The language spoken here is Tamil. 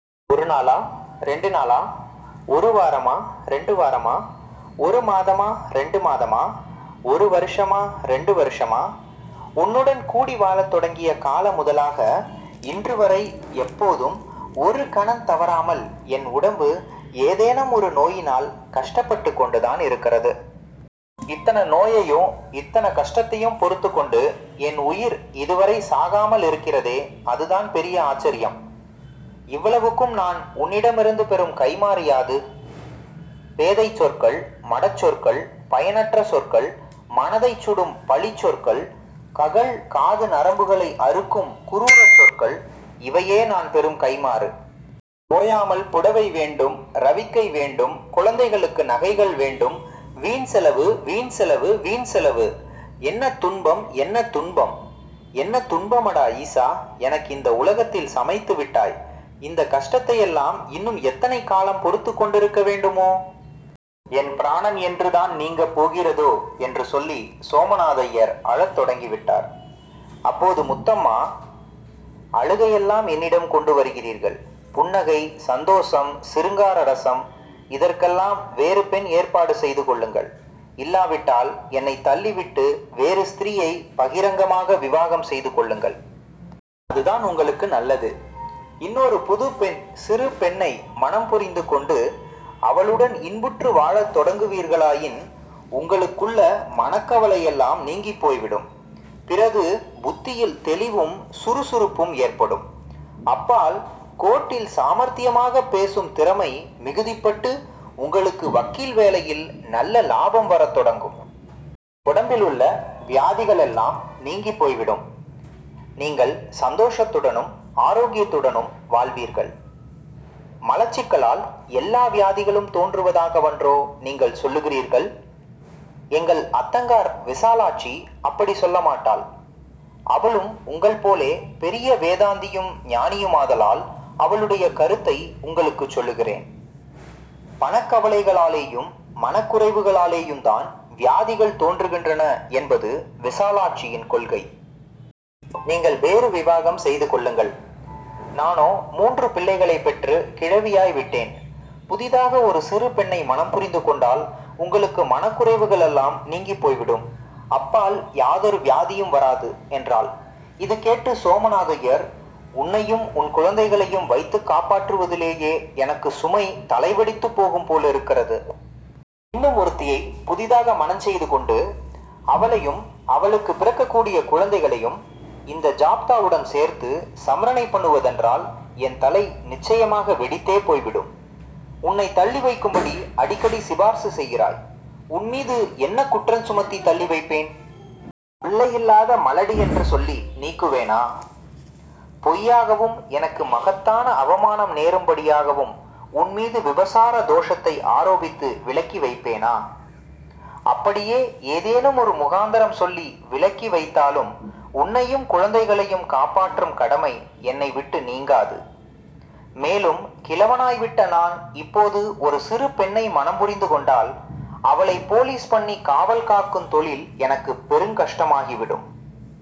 ஒரு நாளா, இரண்டு நாளா, ஒரு வாரமா, இரண்டு வாரமா, ஒரு மாதமா, இரண்டு மாதமா, ஒரு வருஷமா, இரண்டு வருஷமா, உன்னுடன் கூடி வாழத் தொடங்கிய கால முதலாக இன்றுவரை எப்போதும், ஒரு கணந் தவறாமல் என் உடம்பு ஏதேனம் ஒரு நோயினால் கஷ்டப்பட்டுக் கொண்டு தானிருக்கிறது. இத்தனை நோயையும் இத்தனை கஷ்டத்தையும் பொறுத்துக்கொண்டு என் உயிர் இதுவரை சாகாமலிருக்கிறதே, அதுதான் பெரிய ஆச்சரியம். இவ்வளவுக்கும் நான் உன்னிடமிருந்து பெறும் கைம்மாறு யாது? பேதைச் சொற்கள், மடச்சொற்கள், பயனற்ற சொற்கள், மனதைச் சுடும் பழிச் சொற்கள், காது நரம்புகளை அறுக்கும் குரூரச் சொற்கள், இவையே நான் பெறும் கைம்மாறு. ஓயாமல் 'புடவை வேண்டும்', 'ரவிக்கை வேண்டும்', 'குழந்தைகளுக்கு நகைகள் வேண்டும்',- வீண் செலவு! வீண் செலவு! வீண் செலவு! என்ன துன்பம், என்ன துன்பம்! என்ன துன்பமடா, ஈசா! எனக்கிந்த உலகத்தில் சமைத்து விட்டாய்! இந்தக் கஷ்டத்தையெல்லாம் இன்னும் எத்தனை காலம் பொறுத்துக் கொண்டிருக்க வேண்டுமோ? என் பிராணன் என்றுதான் நீங்கப் போகிறதோ? '' என்று சொல்லி சோமநாதய்யர் அழத் தொடங்கிவிட்டார். அப்போது முத்தம்மா:- ''அழுகையெல்லாம் என்னிடம் கொண்டு வருகிறீர்கள். புன்னகை, சந்தோஷம், சிருங்கார ரஸம் இதற்கெல்லாம் வேறு பெண் ஏற்பாடு செய்துகொள்ளுங்கள். இல்லாவிட்டால் என்னைத் தள்ளிவிட்டு வேறு ஸ்திரீயை பகிரங்கமாக விவாகம் செய்துகொள்ளுங்கள். அதுதான் உங்களுக்கு நல்லது. இன்னொரு புதுப்பெண்-சிறு பெண்ணை மணம் புரிந்துகொண்டு அவளுடன் இன்புற்று வாழத் தொடங்குவீர்களாயின் உங்களுக்குள்ள மனக்கவலையெல்லாம் நீங்கிப் போய்விடும். பிறகு புத்தியில் தெளிவும் சுறுசுறுப்பும் ஏற்படும். அப்பால் கோர்ட்டில் சாமர்த்தியமாகப் பேசும் திறமை மிகுதிப்பட்டு, உங்களுக்கு வக்கீல் வேலையில் நல்ல லாபம் வரத் தொடங்கும். உடம்பிலுள்ள வியாதிகளெல்லாம் நீங்கிப் போய்விடும். நீங்கள் சந்தோஷத்துடனும் ஆரோக்கியத்துடனும் வாழ்வீர்கள். மலச்சிக்கலால் எல்லா வியாதிகளும் தோன்றுவதாகவன்றோ நீங்கள் சொல்லுகிறீர்கள். எங்கள் அத்தங்கார் விசாலாட்சி அப்படிச் சொல்லமாட்டாள். அவளும் உங்கள் போலே பெரிய வேதாந்தியும் ஞானியுமாதலால் அவளுடைய கருத்தை உங்களுக்குச் சொல்லுகிறேன். பணக்கவலைகளாலேயும் மனக்குறைவுகளாலேயுந்தான் வியாதிகள் தோன்றுகின்றன என்பது விசாலாட்சியின் கொள்கை. நீங்கள் வேறு விவாகம் செய்து கொள்ளுங்கள். நானோ மூன்றுப் பிள்ளைகளைப் பெற்றுக் கிழவியாய் விட்டேன். புதிதாக ஒரு சிறு பெண்ணை மணம் புரிந்து கொண்டால் உங்களுக்கு மனக்குறைவுகளெல்லாம் நீங்கிப் போய்விடும். அப்பால் யாதொரு வியாதியும் வராது'' என்றாள். இது கேட்டு சோமநாதய்யர்:- ''உன்னையும் உன் குழந்தைகளையும் வைத்துக் காப்பாற்றுவதிலேயே எனக்குச் சுமை தலை வெடித்துப் போகும் போலிருக்கிறது. இன்னும் ஒருத்தியைப் புதிதாக மணஞ் செய்து கொண்டு அவளையும் அவளுக்குப் பிறக்கக்கூடிய குழந்தைகளையும் இந்த ஜாப்தாவுடன் சேர்த்து சம்ர ணை பண்ணுவதென்றால் என் தலை நிச்சயமாக வெடித்தே போய்விடும். உன்னைத் தள்ளி வைக்கும்படி அடிக்கடி சிபார்சு செய்கிறாய். உன்மீது என்ன குற்றஞ் சுமத்தித் தள்ளி வைப்பேன்? பிள்ளையில்லாத மலடியென்று சொல்லி நீக்குவேனா? பொய்யாகவும், எனக்கு மகத்தான அவமானம் நேரும்படியாகவும் உன்மீது விபசார தோஷத்தை ஆரோபித்து விலக்கி வைப்பேனா? அப்படியே ஏதேனுமொரு முகாந்தரம் சொல்லி விலக்கி வைத்தாலும் உன்னையும் குழந்தைகளையும் காப்பாற்றும் கடமை என்னை விட்டு நீங்காது. மேலும் கிழவனாய்விட்ட நான் இப்போது ஒரு சிறு பெண்ணை மணம் புரிந்து கொண்டால் அவளைப் போலீஸ் பண்ணிக் காவல் காக்குந் தொழில் எனக்குப் பெருங் கஷ்டமாகிவிடும்.